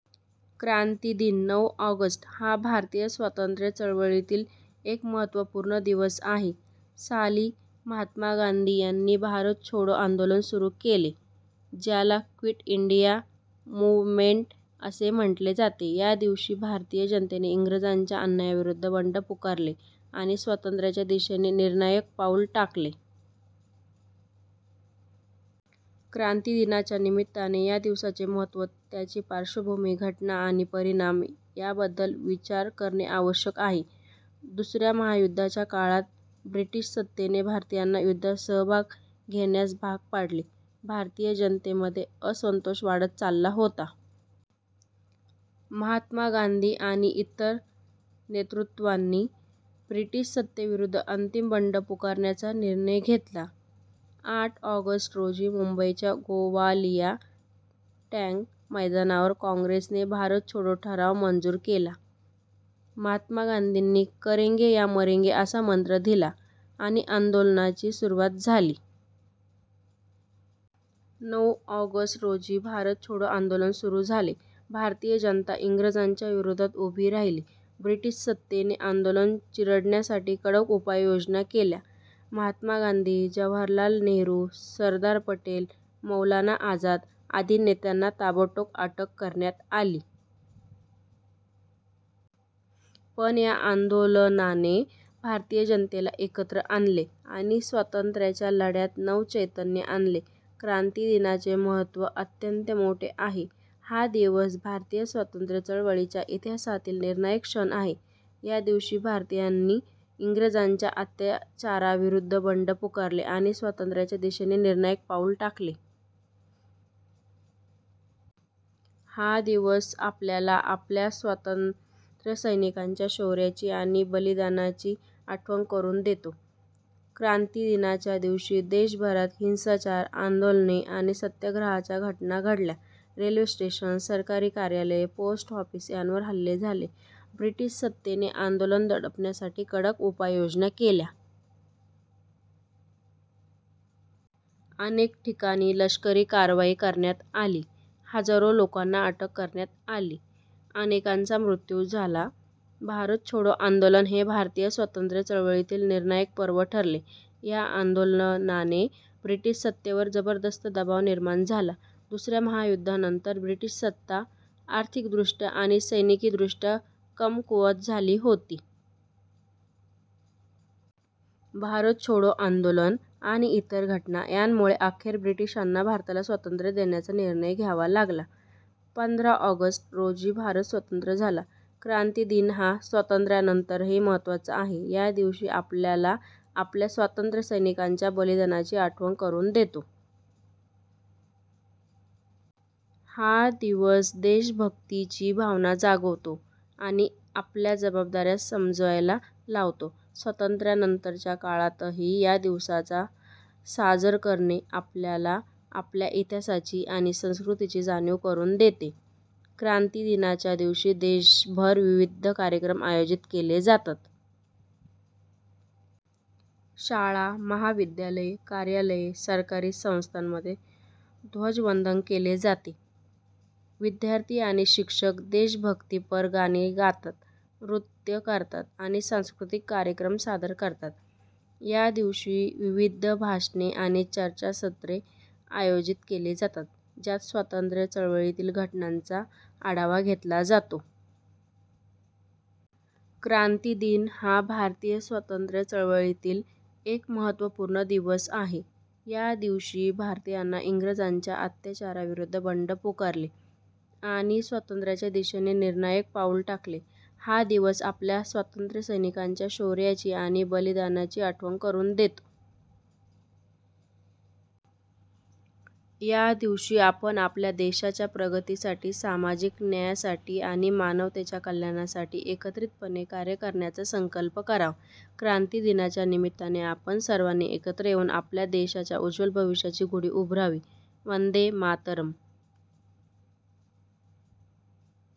क्रांती दिन, नऊ ऑगस्ट, हा भारतीय स्वातंत्र्य चळवळीतील एक महत्त्वपूर्ण दिवस आहे. साली महात्मा गांधी यांनी भारत छोडो आंदोलन सुरू केले, ज्याला क्विट इंडिया मूवमेंट असेही म्हटले जाते. या दिवशी भारतीय जनतेने इंग्रजांच्या अन्यायाविरुद्ध बंड पुकारले आणि स्वातंत्र्याच्या दिशेने निर्णायक पाऊल टाकले. क्रांती दिनाच्या निमित्ताने या दिवसाचे महत्त्व, त्याची पार्श्वभूमी, घटना आणि परिणाम याबद्दल विचार करणे आवश्यक आहे. दुसऱ्या महायुद्धाच्या काळात ब्रिटिश सत्तेने भारतीयांना युद्धात सहभाग घेण्यास भाग पाडले. भारतीय जनतेमध्ये असंतोष वाढत चालला होता. महात्मा गांधी आणि इतर नेतृत्वांनी ब्रिटिश सत्तेविरुद्ध अंतिम बंड पुकारण्याचा निर्णय घेतला. आठ ऑगस्ट रोजी मुंबईच्या गोवालिया टँक मैदानावर काँग्रेसने भारत छोडो ठराव मंजूर केला. महात्मा गांधींनी करेंगे या मरेंगे असा मंत्र दिला आणि आंदोलनाची सुरुवात झाली. नऊ ऑगस्ट रोजी भारत छोडो आंदोलन सुरू झाले. भारतीय जनता इंग्रजांच्या विरोधात उभी राहिली. ब्रिटिश सत्तेने आंदोलन चिरडण्यासाठी कडक उपाययोजना केल्या. महात्मा गांधी, जवाहरलाल नेहरू, सरदार पटेल, मौलाना आझाद आदी नेत्यांना ताबडतोब अटक करण्यात आली. पण या आंदोलनाने भारतीय जनतेला एकत्र आणले आणि स्वातंत्र्याच्या लढ्यात नवचैतन्य आणले. क्रांती दिनाचे महत्त्व अत्यंत मोठे आहे. हा दिवस भारतीय स्वातंत्र्य चळवळीच्या इतिहासातील निर्णायक क्षण आहे. या दिवशी भारतीयांनी इंग्रजांच्या अत्याचाराविरुद्ध बंड पुकारले आणि स्वातंत्र्याच्या दिशेने निर्णायक पाऊल टाकले. हा दिवस आपल्याला आपल्या स्वातंत्र्यसैनिकांच्या शौर्याची आणि बलिदानाची आठवण करून देतो. क्रांती दिनाच्या दिवशी देशभरात हिंसाचार, आंदोलने आणि सत्याग्रहाच्या घटना घडल्या. रेल्वे स्टेशन, सरकारी कार्यालये, पोस्ट ऑफिस यांवर हल्ले झाले. ब्रिटिश सत्तेने आंदोलन दडपण्यासाठी कडक उपाययोजना केल्या. अनेक ठिकाणी लष्करी कारवाई करण्यात आली. हजारो लोकांना अटक करण्यात आली, अनेकांचा मृत्यू झाला. भारत छोडो आंदोलन हे भारतीय स्वातंत्र्य चळवळीतील निर्णायक पर्व ठरले. या आंदोलनाने ब्रिटिश सत्तेवर जबरदस्त दबाव निर्माण झाला. दुसऱ्या महायुद्धानंतर ब्रिटिश सत्ता आर्थिकदृष्ट्या आणि सैनिकीदृष्ट्या कमकुवत झाली होती. भारत छोडो आंदोलन आणि इतर घटना यामुळे अखेर ब्रिटिशांना भारताला स्वातंत्र्य देण्याचा निर्णय घ्यावा लागला. पंधरा ऑगस्ट रोजी भारत स्वतंत्र झाला. क्रांती दिन हा स्वातंत्र्यानंतरही महत्त्वाचा आहे. या दिवशी आपल्याला आपल्या स्वातंत्र्यसैनिकांच्या बलिदानाची आठवण करून देतो. हा दिवस देशभक्तीची भावना जागवतो आणि आपल्या जबाबदाऱ्या समजायला लावतो. स्वातंत्र्यानंतरच्या काळातही या दिवसाचा साजरा करणे आपल्याला आपल्या इतिहासाची आणि संस्कृतीची जाणीव करून देते. क्रांती दिनाच्या दिवशी देशभर विविध कार्यक्रम आयोजित केले जातात. शाळा, महाविद्यालये, कार्यालये, सरकारी संस्थांमध्ये ध्वजवंदन केले जाते. विद्यार्थी आणि शिक्षक देशभक्तीपर गाणी गातात, नृत्य करतात आणि सांस्कृतिक कार्यक्रम सादर करतात. या दिवशी विविध भाषणे आणि चर्चासत्रे आयोजित केली जातात, ज्यात स्वातंत्र्य चळवळीतील घटनांचा आढावा घेतला जातो. क्रांती दिन हा भारतीय स्वातंत्र्य चळवळीतील एक महत्त्वपूर्ण दिवस आहे. या दिवशी भारतीयांनी इंग्रजांच्या अत्याचाराविरुद्ध बंड पुकारले आणि स्वातंत्र्याच्या दिशेने निर्णायक पाऊल टाकले. हा दिवस आपल्या स्वातंत्र्यसैनिकांच्या शौर्याची आणि बलिदानाची आठवण करून देतो. या दिवशी आपण आपल्या देशाच्या प्रगतीसाठी, सामाजिक न्यायासाठी आणि मानवतेच्या कल्याणासाठी एकत्रितपणे कार्य करण्याचा संकल्प करावा. क्रांती दिनाच्या निमित्ताने आपण सर्वांनी एकत्र येऊन आपल्या देशाच्या उज्ज्वल भविष्याची गुढी उभारावी. वंदे मातरम्.